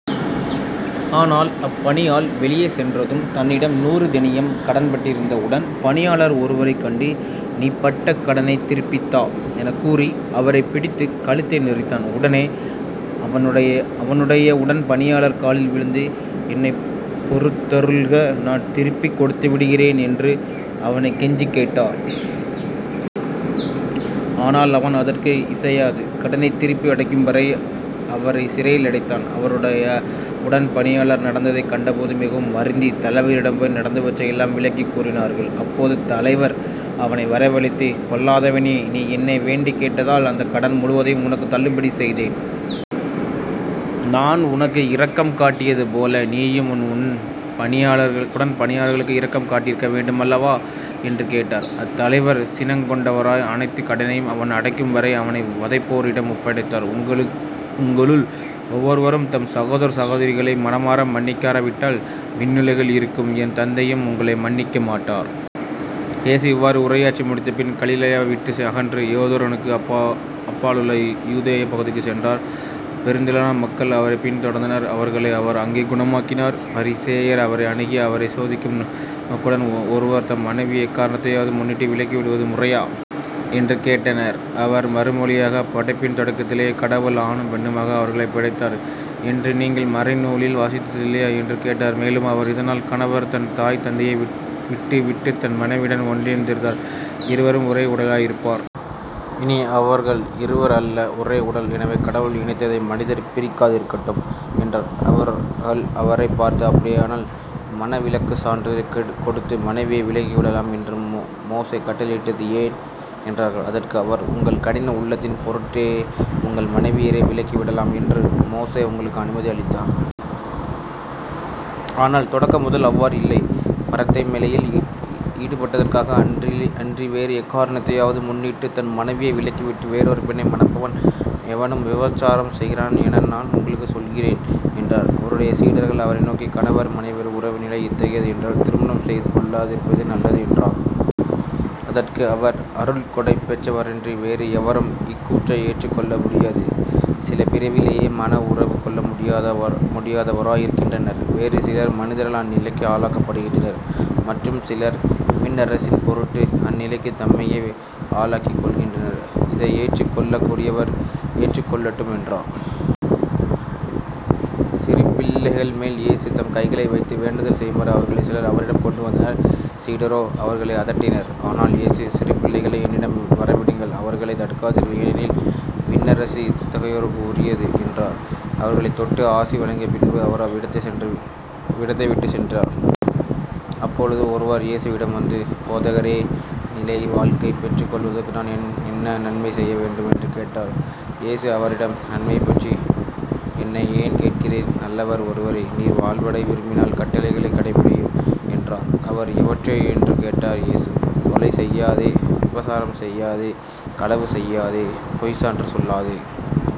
ஆனால் அப்பணியாள் வெளியே சென்றதும், தன்னிடம் நூறு தெனியம் கடன்பட்டிருந்த உடன் பணியாளர் ஒருவரைக் கண்டு," நீ பட்ட கடனைத் திருப்பித் தா" எனக்கூறி அவரைப் பிடித்துக் கழுத்தை நெரித்தான். உடனே அவனுடைய உடன் பணியாளர் காலில் விழுந்து, என்னைப் பொறுத்தருள்க நான் திருப்பிக் கொடுத்துவிடுகிறேன்" என்று அவனைக் கெஞ்சிக் கேட்டார். ஆனால் அவன் அதற்கு இசையாது, கடனைத் திருப்பி அடைக்கும்வரை அவரைச் சிறையிலடைத்தான். அவருடைய உடன் பணியாளர்கள் நடந்ததைக் கண்டபோது மிகவும் வருந்தித் தலைவரிடம் போய் நடந்தவற்றையெல்லாம் விளக்கிக் கூறினார்கள். அப்போது தலைவர் அவனை வரவழைத்து," பொல்லாதவனே, நீ என்னை வேண்டிக் கேட்டதால் அந்தக் கடன் முழுவதையும் உனக்குத் தள்ளுபடி செய்தேன். நான் உனக்கு இரக்கம் காட்டியதுபோல நீயும் உன் உடன்பணியாளருக்கு இரக்கம் காட்டியிருக்க வேண்டும் அல்லாவா? என்று கேட்டார். அத்தலைவர் சினங் கொண்டவராய், அனைத்துக் கடனையும் அவன் அடைக்கும்வரை அவனை வதைப்போரிடம் ஒப்படைத்தார். உங்களுள் ஒவ்வொருவரும் தம் சகோதரர் சகோதரிகளை மனமார மன்னிக்கார விட்டால் விண்ணுலகில் இருக்கும் என் தந்தையும் உங்களை மன்னிக்க மாட்டார். இயேசு இவ்வாறு உரையாற்றி முடித்த பின்பு கலிலேயாவை விட்டு அகன்று யோர்தானுக்கு அப்பாலுள்ள யூதேயப் பகுதிகளுக்குச் சென்றார். பெருந்திரளான மக்கள் அவரைப் பின் தொடர்ந்தனர். அவர்களை அவர் அங்கே குணமாக்கினார். பரிசேயர் அவரை அணுகி, அவரைச் சோதிக்கும் நோக்குடன்," ஒருவர் தம் மனைவியை எக்காரணத்தையாவது முன்னிட்டு விலக்கிவிடுவது முறையா? " என்று கேட்டனர். அவர் மறுமொழியாக," படைப்பின் தொடக்கத்திலேயே கடவுள்" ஆணும் பெண்ணுமாக அவர்களைப் படைத்தார்" என்று நீங்கள் மறைநூலில் வாசித்ததில்லையா? " என்று கேட்டார். மேலும் அவர்," இதனால் கணவர் தன் தாய் தந்தையை விட்டுவிட்டுத் தன் மனைவியுடன் ஒன்றித் இந்திருப்பான். இருவரும் ஒரே உடலாய் இருப்பர். இனி அவர்கள் இருவர் அல்ல ஒரே உடல். எனவே கடவுள் இணைத்ததை மனிதர் பிரிக்காதிருக்கட்டும். " என்றார். அவர்கள் அவரைப் பார்த்து," அப்படியானால் மணவிலக்குச் சான்றிதழைக் கொடுத்து மனைவியை விலகி விடலாம் என்று மோசே கட்டளையிட்டது ஏன்? " என்றார்கள். அதற்கு அவர்" உங்கள் கடின உள்ளத்தின் பொருட்டே உங்கள் மனைவியரை விலக்கிவிடலாம் என்று மோசே உங்களுக்கு அனுமதி அளித்தார். ஆனால் தொடக்கமுதல் அவ்வாறு இல்லை. பரத்தைமையில் ஈடுபட்டதற்காக அன்றி வேறு எக்காரணத்தையாவது முன்னிட்டுத் தன் மனைவியை விலக்கிவிட்டு வேறொரு பெண்ணை மணப்பவன் எவனும் விபசாரம் செய்கிறான் என நான் உங்களுக்குச் சொல்கிறேன்" என்றார். அவருடைய சீடர்கள் அவரை நோக்கி," கணவர் மனைவியர் உறவு நிலை இத்தகையது என்றால் திருமணம் செய்து கொள்ளாதிருப்பதே நல்லது" என்றார். அதற்கு அவர்,"அருள்கொடை பெற்றவரன்றி வேறு எவரும் இக்கூற்றை ஏற்றுக் கொள்ள முடியாது. சிலர் பிறவியிலேயே மண உறவு கொள்ள முடியாதவராய் இருக்கின்றனர். வேறு சிலர் மனிதரால் அந்நிலைக்கு ஆளாக்கப்படுகின்றனர். மற்றும் சிலர் விண்ணரசின்பொருட்டு அந்நிலைக்குத் தம்மையே ஆளாக்கிக் கொள்கின்றனர். இதை ஏற்றுக் கொள்ளக் கூடியவர் ஏற்றுக்கொள்ளட்டும்" என்றார். சிறுபிள்ளைகள் மேல் இயேசு தம் கைகளை வைத்து வேண்டுதல் செய்யுமாறு அவர்களைச் சிலர் அவரிடம் கொண்டு வந்தனர். சீடரோ அவர்களை அதட்டினர். ஆனால் இயேசு," சிறு பிள்ளைகளை என்னிடம் வரவிடுங்கள் அவர்களைத் தடுக்காதீர்கள் ஏனெனில் விண்ணரசு இத்தகையோருக்கு உரியது" என்றார். அவர்களைத் தொட்டு ஆசி வழங்கிய பின்பு அவர் அவ்விடத்தைவிட்டுச் சென்றார். அப்பொழுது ஒருவர் இயேசுவிடம் வந்து,"போதகரே, நிலை வாழ்க்கை பெற்றுக்கொள்வதற்கு நான் என்ன நன்மை செய்ய வேண்டும்? " என்று கேட்டார். இயேசு அவரிடம்," நன்மையைப்பற்றி என்னை ஏன் கேட்கிறீர்? நல்லவர் ஒருவரே. நீர் வாழ்வடைய விரும்பினால் கட்டளைகளைக் கடைப்பிடியும்" என்றார். அவர்,"எவற்றை? " என்று கேட்டார். இயேசு," கொலை செய்யாதே விபசாரம் செய்யாதே களவு செய்யாதே பொய்ச்சான்று சொல்லாதே